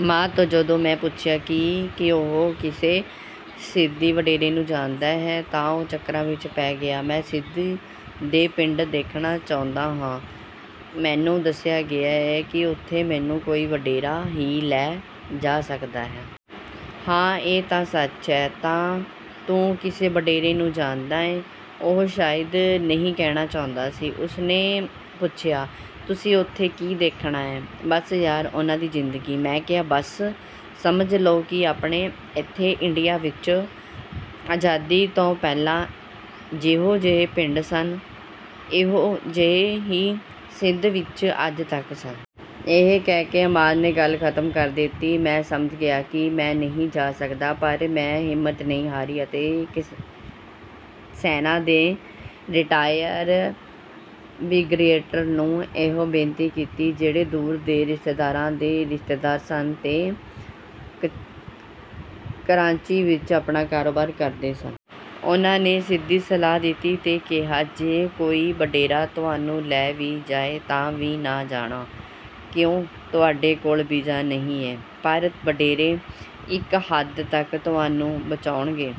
ਅਮਾਦ ਤੋਂ ਜਦੋਂ ਮੈਂ ਇਹ ਪੁੱਛਿਆ ਕਿ ਕੀ ਉਹ ਕਿਸੇ ਸਿੰਧੀ ਵਡੇਰੇ ਨੂੰ ਜਾਣਦਾ ਹੈ ਤਾਂ ਉਹ ਚੱਕਰਾਂ ਵਿਚ ਪੈ ਗਿਆ। “ਮੈਂ ਸਿੰਧ ਦੇ ਪਿੰਡ ਦੇਖਣਾ ਚਾਹੁੰਦਾ ਆਂ। ਮੈਨੂੰ ਦੱਸਿਆ ਗਿਆ ਏ ਕਿ ਉੱਥੇ ਮੈਨੂੰ ਕੋਈ ਵਡੇਰਾ ਹੀ ਲੈ ਜਾ ਸਕਦਾ ਹੈ।” “ਹਾਂ, ਇਹ ਤਾਂ ਸੱਚ ਏ।” “ਤਾਂ ਤੂੰ ਕਿਸੇ ਵਡੇਰੇ ਨੂੰ ਜਾਣਦਾ ਏਂ?” ਉਹ ਸ਼ਾਇਦ ‘ਨਹੀਂ’ ਕਹਿਣਾ ਚਾਹੁੰਦਾ ਸੀ। ਉਸਨੇ ਪੁੱਛਿਆ, “ਤੁਸੀਂ ਉੱਥੇ ਕੀ ਦੇਖਣਾ ਏਂ?” “ਬਸ ਯਾਰ, ਉਹਨਾਂ ਦੀ ਜ਼ਿੰਦਗੀ।” ਮੈਂ ਕਿਹਾ। “ਬਸ ਸਮਝ ਲਓ ਕਿ ਆਪਣੇ ਇੱਥੇ, ਇੰਡੀਆ ਵਿਚ ਆਜ਼ਾਦੀ ਤੋਂ ਪਹਿਲਾਂ ਜਿਹੋ-ਜਿਹੇ ਪਿੰਡ ਸਨ, ਓਹੋ-ਜਿਹੇ ਹੀ ਸਿੰਧ ਵਿਚ ਅੱਜ ਤੱਕ ਹਨ।” ਇਹ ਕਹਿ ਕੇ ਅਮਾਦ ਨੇ ਗੱਲ ਖਤਮ ਕਰ ਦਿੱਤੀ। ਮੈਂ ਸਮਝ ਗਿਆ ਕਿ ਮੈਂ ਨਹੀਂ ਜਾ ਸਕਦਾ, ਪਰ ਮੈਂ ਹਿੰਮਤ ਨਹੀਂ ਹਾਰੀ ਅਤੇ ਸੈਨਾ ਦੇ ਰਿਟਾਇਰਡ ਬ੍ਰਿਗੇਟਰ ਨੂੰ ਇਹੋ ਬੇਨਤੀ ਕੀਤੀ, ਜਿਹੜੇ ਦੂਰ ਦੇ ਰਿਸ਼ਤੇਦਾਰਾਂ ਦੇ ਰਿਸ਼ਤੇਦਾਰ ਸਨ ਤੇ ਕਰਾਚੀ ਵਿਚ ਆਪਣਾ ਕਾਰੋਬਾਰ ਕਰਦੇ ਸਨ। ਉਹਨਾਂ ਨੇ ਸਿੱਧੀ ਸਲਾਹ ਦਿੱਤੀ ਤੇ ਕਿਹਾ, “ਜੇ ਕੋਈ ਵਡੇਰਾ ਤੁਹਾਨੂੰ ਲੈ ਵੀ ਜਾਏ ਤਾਂ ਵੀ ਨਾ ਜਾਣਾ।” “ਕਿਉਂ?” “ਤੁਹਾਡੇ ਕੋਲ ਵੀਜ਼ਾ ਨਹੀਂ ਏ।” “ਪਰ ਵਡੇਰੇ...” “ਇਕ ਹੱਦ ਤਕ ਤੁਹਾਨੂੰ ਬਚਾਉਣਗੇ...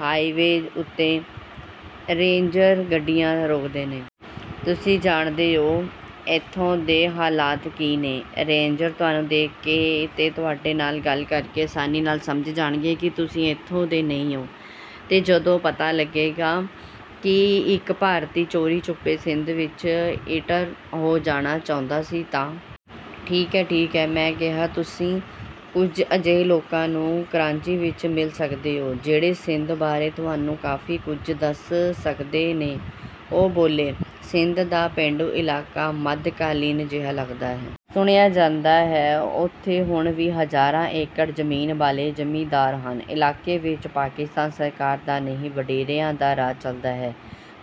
ਹਾਈਵੇਜ਼ ਉੱਤੇ ਰੇਂਜਰ ਗੱਡੀਆਂ ਰੋਕਦੇ ਨੇ... ਤੁਸੀਂ ਜਾਣਦੇ ਓ ਇੱਥੋਂ ਦੇ ਹਾਲਾਤ ਕੀ ਨੇ... ਰੇਂਜਰ ਤੁਹਾਨੂੰ ਦੇਖ ਕੇ ਤੇ ਤੁਹਾਡੇ ਨਾਲ ਗੱਲ ਕਰਕੇ ਆਸਾਨੀ ਨਾਲ ਸਮਝ ਜਾਣਗੇ ਕਿ ਤੁਸੀਂ ਇੱਥੋਂ ਦੇ ਨਹੀਂ ਓ ਤੇ ਜਦੋਂ ਪਤਾ ਲੱਗੇਗਾ ਕਿ ਇਕ ‘ਭਾਰਤੀ’ ਚੋਰੀ-ਛਿੱਪੇ ਸਿੰਧ ਵਿਚ ਇੰਟਰ ਹੋ ਜਾਣਾ ਚਾਹੁੰਦਾ ਸੀ ਤਾਂ...।” “ਠੀਕ ਏ... ਠੀਕ ਏ...” ਮੈਂ ਕਿਹਾ। “ਤੁਸੀਂ ਕੁਝ ਅਜਿਹੇ ਲੋਕਾਂ ਨੂੰ ਕਰਾਚੀ ਵਿਚ ਮਿਲ ਸਕਦੇ ਓ, ਜਿਹੜੇ ਸਿੰਧ ਬਾਰੇ ਤੁਹਾਨੂੰ ਕਾਫ਼ੀ ਕੁਝ ਦੱਸ ਸਕਦੇ ਨੇ।” ਉਹ ਬੋਲੇ। ਸਿੰਧ ਦਾ ਪੇਂਡੂ ਇਲਾਕਾ ਮੱਧ-ਕਾਲੀਨ ਜਿਹਾ ਲੱਗਦਾ ਹੈ। ਸੁਣਿਆ ਜਾਂਦਾ ਹੈ, ਉੱਥੇ ਹੁਣ ਵੀ ਹਜ਼ਾਰਾਂ ਏਕੜ ਜ਼ਮੀਨ ਵਾਲੇ ਜ਼ਿਮੀਂਦਾਰ ਹਨ। ਇਲਾਕੇ ਵਿਚ ਪਾਕਿਸਤਾਨ ਸਰਕਾਰ ਦਾ ਨਹੀਂ, ਵਡੇਰਿਆਂ ਦਾ ਰਾਜ ਚੱਲਦਾ ਹੈ।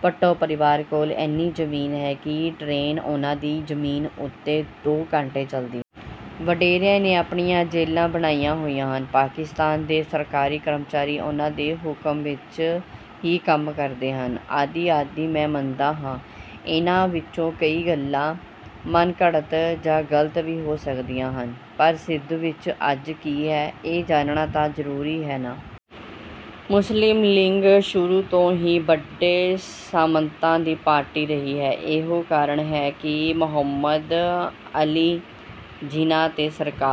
ਭੁੱਟੋ ਪਰਿਵਾਰ ਕੋਲ ਇੰਨੀ ਜ਼ਮੀਨ ਹੈ ਕਿ ਟਰੇਨ ਉਹਨਾਂ ਦੀ ਜ਼ਮੀਨ ਉੱਤੇ ਦੋ ਘੰਟੇ ਚੱਲਦੀ ਹੈ। ਵਡੇਰਿਆਂ ਨੇ ਆਪਣੀਆਂ ਜੇਲ੍ਹਾਂ ਬਣਾਈਆਂ ਹੋਈਆਂ ਹਨ। ਪਾਕਿਸਤਾਨ ਦੇ ਸਰਕਾਰੀ ਕਰਮਚਾਰੀ ਉਹਨਾਂ ਦੇ ਹੁਕਮ ਵਿਚ ਹੀ ਕੰਮ ਕਰਦੇ ਹਨ ਆਦਿ-ਆਦਿ। ਮੈਂ ਮੰਨਦਾ ਹਾਂ, ਇਹਨਾਂ ਵਿਚੋਂ ਕਈ ਗੱਲਾਂ ਮਨਘੜੰਤ ਜਾਂ ਗ਼ਲਤ ਵੀ ਹੋ ਸਕਦੀਆਂ ਹਨ, ਪਰ ਸਿੰਧ ਵਿਚ ਅੱਜ ਕੀ ਹੈ, ਇਹ ਜਾਣਨਾ ਤਾਂ ਜ਼ਰੂਰੀ ਹੈ ਨਾ। ਮੁਸਲਿਮ ਲੀਗ ਸ਼ੁਰੂ ਤੋਂ ਹੀ ਵੱਡੇ ਸਾਮੰਤਾਂ ਦੀ ਪਾਰਟੀ ਰਹੀ ਹੈ। ਇਹੋ ਕਾਰਨ ਹੈ ਕਿ ਮੁਹੰਮਦ ਅਲੀ ਜਿਨਾਹ ਤੇ ਸਰਦਾਰ...